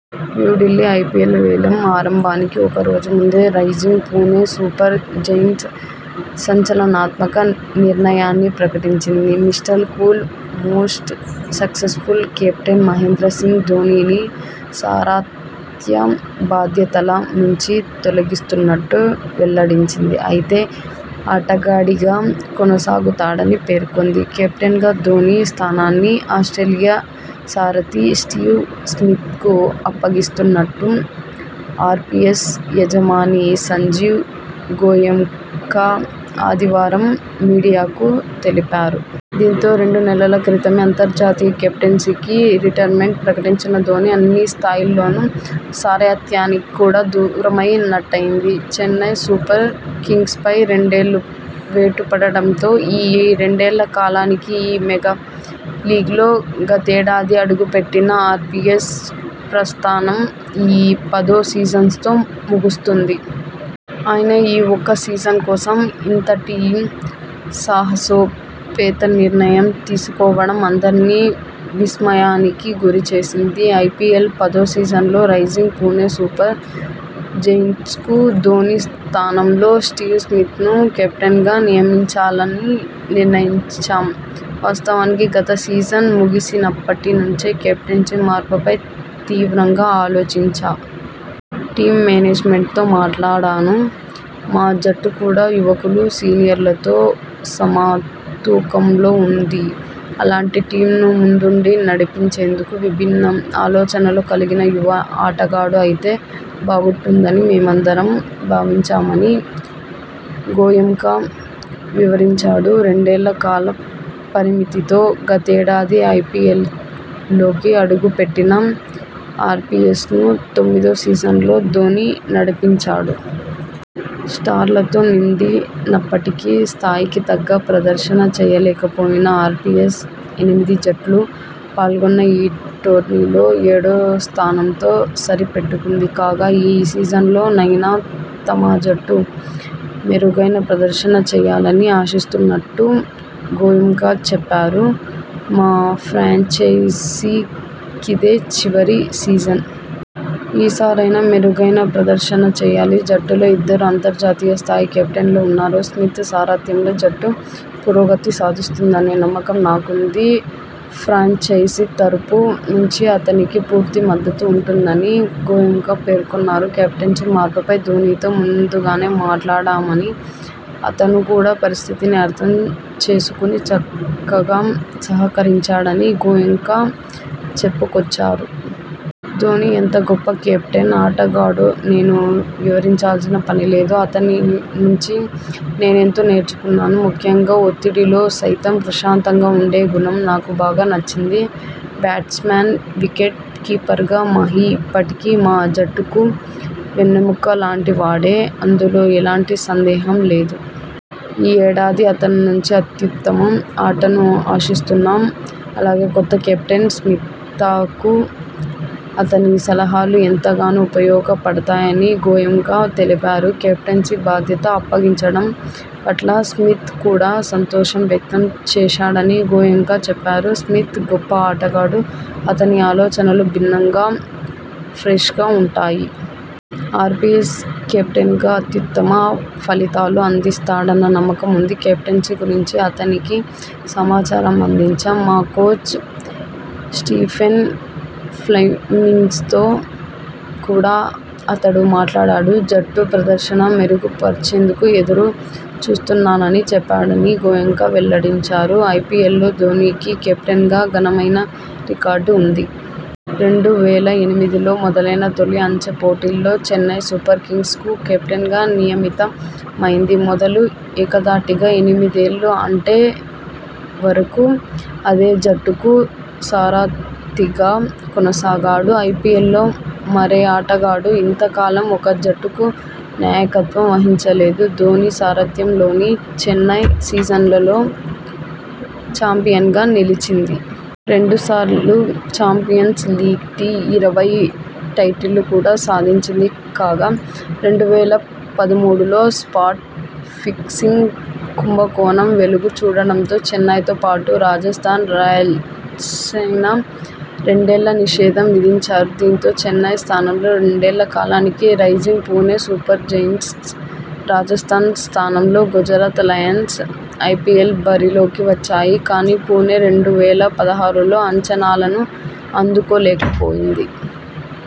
New Delhi IPL వేలం ఆరంభానికి ఒక రోజు ముందే రైజింగ్ పుణె సూపర్ జెయింట్స్ సంచలనాత్మక నిర్ణయాన్ని ప్రకటించింది. Mr Cool, most successful captain Mahendra Singh ధోనీని సారథ్య బాధ్యతల నుంచి తొలగిస్తున్నట్టు వెల్లడించింది. అయితే ఆటగాడిగా కొనసాగుతాడని పేర్కొంది. కెప్టెన్గా ధోనీ స్థానాన్ని ఆస్ట్రేలియా సారథి స్టీవ్ స్మిత్ కు అప్పగిస్తున్నట్టు ఆర్పీఎస్ యజమాని సంజీవ్ గోయెంకా ఆదివారం మీడియాకు తెలిపారు. దీంతో రెండు నెలల క్రితమే అంతర్జాతీయ కెప్టెన్సీకి రిటైర్మెంట్ ప్రకటించిన ధోనీ.. అన్ని స్థాయిల్లోనూ సారథ్యానికి కూడా దూరమై నట్టయింది. చెన్నై సూప ర్ కింగ్స్పై రెండేళ్లు వేటు పడడంతో ఈ రెండేళ్ల కాలానికి ఈ మెగా లీగ్లో గతేడాది అడుగు పెట్టిన ఆర్పీఎస్ ప్ర స్థానం ఈ పదో సీజన్తో ముగుస్తుంది. అయినా ఈ ఒక్క సీజన్ కోసం ఇంతటి సాహసో పేత నిర్ణయం తీసుకోవడం అందర్నీ విస్మయానికి గురి చేసింది. ఐపీఎల్ పదో సీజన్లో రైజింగ్ పుణె సూపర్ జెయింట్స్కు ధోనీ స్థానంలో స్టీవ్ స్మిత్ ను కెప్టెన్గా నియమించాలని నిర్ణయించాం. వాస్తవానికి గత సీజన్ ముగిసినప్పటి నుంచే కెప్టెన్సీ మార్పు పై తీవ్రంగా ఆలోచించా. టీమ్ మేనేజ్మెంట్తో మాట్లాడాను. మా జట్టు కూడా యువకులు, సీనియర్లతో సమ తూకంలో ఉంది. అలాంటి టీమ్ను ముందుండి నడిపించేందుకు విభిన్న ఆలోచనలు కలిగిన యువ ఆటగాడు అయితే బాగుంటుందని మేమందరం భావించామని గోయెంకా వివరించాడు. రెండేళ్ల కాల పరిమితి తో గతేడాది ఐపీఎల్లోకి అడుగు పెట్టిన ఆర్పీఎస్ను తొమ్మిదో సీజన్లో ధోనీ నడిపించాడు. స్టార్లతో నిండి నప్పటికీ స్థాయికి తగ్గ ప్రదర్శన చేయలేక పోయిన ఆర్పీఎస్ ఎనిమిది జట్లు పాల్గొన్న ఈ టోర్నీలో ఏడో స్థానంతో సరి పెట్టుకుంది. కాగా, ఈ సీజన్లో నైనా తమ జట్టు మెరుగైన ప్రదర్శన చేయాలని ఆశిస్తున్నట్టు గోయెంకా చెప్పారు. మా ఫ్రాంచైజీ కిదే చివరి సీజన్. ఈ సారైనా మెరుగైన ప్రదర్శన చేయాలి. జట్టులో ఇద్దరు అంతర్జాతీయ స్థాయి కెప్టెన్లు ఉన్నారు. స్మిత్ సారథ్యంలో జట్టు పురోగతి సాధిస్తుందనే నమ్మకం నాకుంది. ఫ్రాంచైజీ తరఫు నుంచి అతనికి పూర్తి మద్దతు ఉంటుందని గోయెంకా పేర్కొన్నారు. కెప్టెన్సీ మార్పుపై ధోనీతో ముందుగానే మాట్లాడామని, అతను కూడా పరిస్థితిని అర్థం చేసుకుని చక్కగా సహకరించాడని గోయెంకా చెప్పుకొచ్చారు. ధోనీ ఎంత గొప్ప కెప్టెన్, ఆటగాడో నేను వివరించాల్సిన పనిలేదు. అతని నుంచి నేనెంతో నేర్చుకున్నాను. ముఖ్యంగా ఒత్తిడిలో సైతం ప్రశాంతంగా ఉండే గుణం నాకు బాగా నచ్చింది. బ్యాట్స్మన్, వికెట్ కీపర్గా మహీ ఇప్పటికీ మా జట్టుకు వెన్నెముక లాంటి వాడే. అందులో ఎలాంటి సందేహం లేదు. ఈ ఏడాది అతని నుంచి అత్యుత్తమ ఆటను ఆశిస్తున్నాం. అలాగే కొత్త కెప్టెన్ స్మితకు అతని సలహాలు ఎంతగానో ఉపయోగ పడతాయని గోయెంకా తెలిపారు. కెప్టెన్సీ బాధ్యత అప్పగించడం పట్ల స్మిత్ కూడా సంతోషం వ్యక్తం చేశాడని గోయెంకా చెప్పారు. స్మిత్ గొప్ప ఆటగాడు. అతని ఆలోచనలు భిన్నం గా, ఫ్రెష్గా ఉంటాయి. ఆర్పీఎస్ కెప్టెన్గా అత్యుత్తమ ఫలితాలు అందిస్తాడన్న నమ్మకం ఉంది. కెప్టెన్సీ గురించి అతనికి సమాచారం అందించాం. మా కోచ్ స్టీఫెన్ ఫ్లెమింగ్తో కూడా అతడు మాట్లాడాడు. జట్టు ప్రదర్శన మెరుగు పర్చేందుకు ఎదురు చూస్తున్నానని చెప్పాడని గోయెంకా వెల్లడించారు. ఐపీఎల్లో ధోనీకి కెప్టెన్గా ఘనమైన రికార్డు ఉంది. రెండు వేల ఎనిమిదిలో మొదలైన తొలి అంచె పోటీల్లో చెన్నై సూపర్ కింగ్స్కు కెప్టెన్గా నియమిత మైంది మొదలు ఏకధాటిగా ఎనిమిదేళ్లు, అంటే వరకూ అదే జట్టుకు సారథిగా కొనసాగాడు. ఐపీఎల్లో మరే ఆటగాడూ ఇంత కాలం ఒక జట్టుకు నాయకత్వం వహించలేదు. ధోనీ సారథ్యంలోని చెన్నై, సీజన్లలో చాంపియన్గా నిలిచింది. రెండు సార్లు చాంపియన్స్ లీగ్ టీ ,ఇరవై టైటిళ్లు కూడా సాధించింది కాగా, రెండు వేల పదమూడులో స్పాట్ ఫిక్సింగ్ కుంభ కోణం వెలుగు చూడడంతో చెన్నైతో పాటు రాజస్థాన్ రాయల్స్పైనా రెండేళ్ల నిషేధం విధించారు దీంతో చెన్నై స్థానంలో రెండేళ్ల కాలానికి Rising Pune Super Giants, Rajasthan స్థానంలో గుజరాత్ లయన్స్ ఐపీఎల్ బరిలోకి వచ్చాయి. కానీ, పుణె రెండు వేల పదహారులో అంచనాలను అందుకో లేకపోయింది